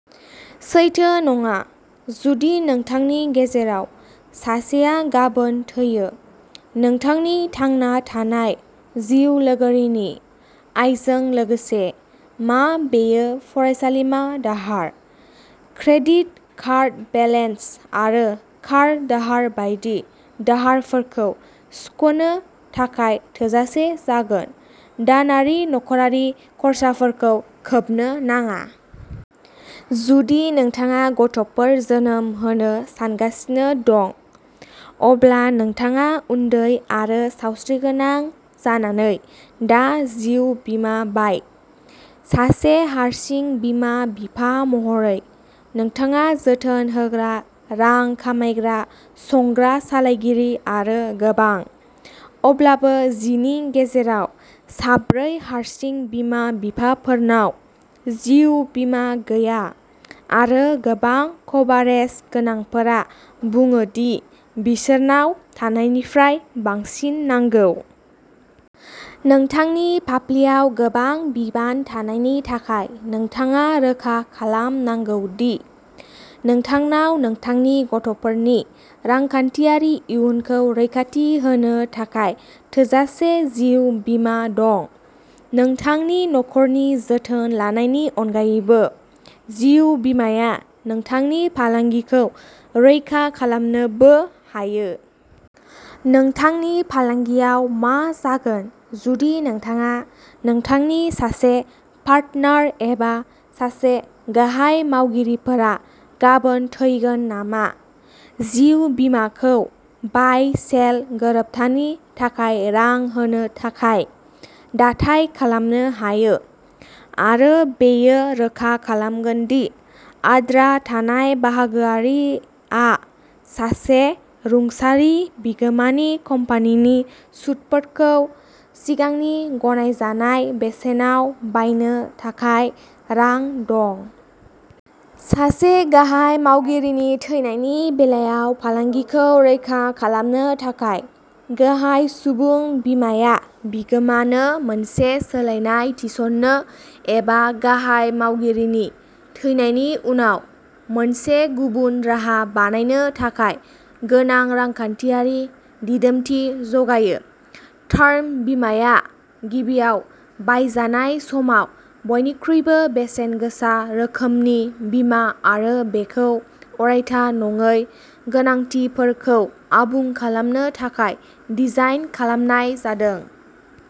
सैथो नङा। जुदि नोंथांनि गेजेराव सासेआ गाबोन थैयो? नोंथांनि थांना थानाय जिउ लोगोरिनि आयजों लोगोसे, मा बेयो फरायसालिमा दाहार, क्रेडिट कार्ड बेलेन्स आरो कार दाहार बायदि दाहारफोरखौ सुख'नो थाखाय थोजासे जागोन, दानारि नख'रारि खर्साफोरखौ खोबनो नाङा। जुदि नोंथाङा गथ'फोर जोनोम होनो सानगासिनो दं, अब्ला नोंथाङा उन्दै आरो सावस्रिगोनां जानानै दा जिउ बिमा बाय। सासे हारसिं बिमा-बिफा महरै, नोंथाङा जोथोन होग्रा, रां खामायग्रा, संग्रा, सालायगिरि आरो गोबां। अब्लाबो जिनि गेजेराव साब्रै हारसिं बिमा-बिफाफोरनाव जिउ बिमा गैया आरो गोबां कभारेज गोनांफोरा बुङो दि बिसोरनाव थानायनिफ्राय बांसिन नांगौ। नोंथांनि फाफ्लियाव गोबां बिबान थानायनि थाखाय, नोंथाङा रोखा खालामनांगौ दि नोंथांनाव नोंथांनि गथ'फोरनि रांखान्थियारि इयुनखौ रैखाथि होनो थाखाय थोजासे जिउ बिमा दं। नोंथांनि नखरनि जोथोन लानायनि अनगायैबो, जिउ बिमाया नोंथांनि फालांगिखौ रैखा खालामनोबो हायो। नोंथांनि फालांगियाव मा जागोन जुदि नोंथाङा, नोंथांनि सासे पार्टनार एबा सासे गाहाय मावगिरिफोरा गाबोन थैगोन नामा? जिउ बिमाखौ बाय-सेल गोरोबथानि थाखाय रां होनो थाखाय दाथाइ खालामनो हायो आरो बेयो रोखा खालामगोन दि आद्रा थानाय बाहागोआरि आ सासे रुंसारि बिगोमानि कम्पानिनि सुदफोरखौ सिगांनि गनायजानाय बेसेनाव बायनो थाखाय रां दं। सासे गाहाय मावगिरिनि थैनायनि बेलायाव फालांगिखौ रैखा खालामनो थाखाय, गाहाय सुबुं बिमाया बिगोमा नो मोनसे सोलायनाय थिसननो एबा गाहाय मावगिरिनि थैनायनि उनाव मोनसे गुबुन राहा बानायनो थाखाय गोनां रांखान्थियारि दिदोमथि जगायो। टार्म बिमाया गिबियाव बायजानाय समाव बयनिख्रुइबो बेसेनगोसा रोखोमनि बिमा आरो बेखौ अरायथा नङै गोनांथिफोरखौ आबुं खालामनो थाखाय डिजाइन खालामनाय जादों।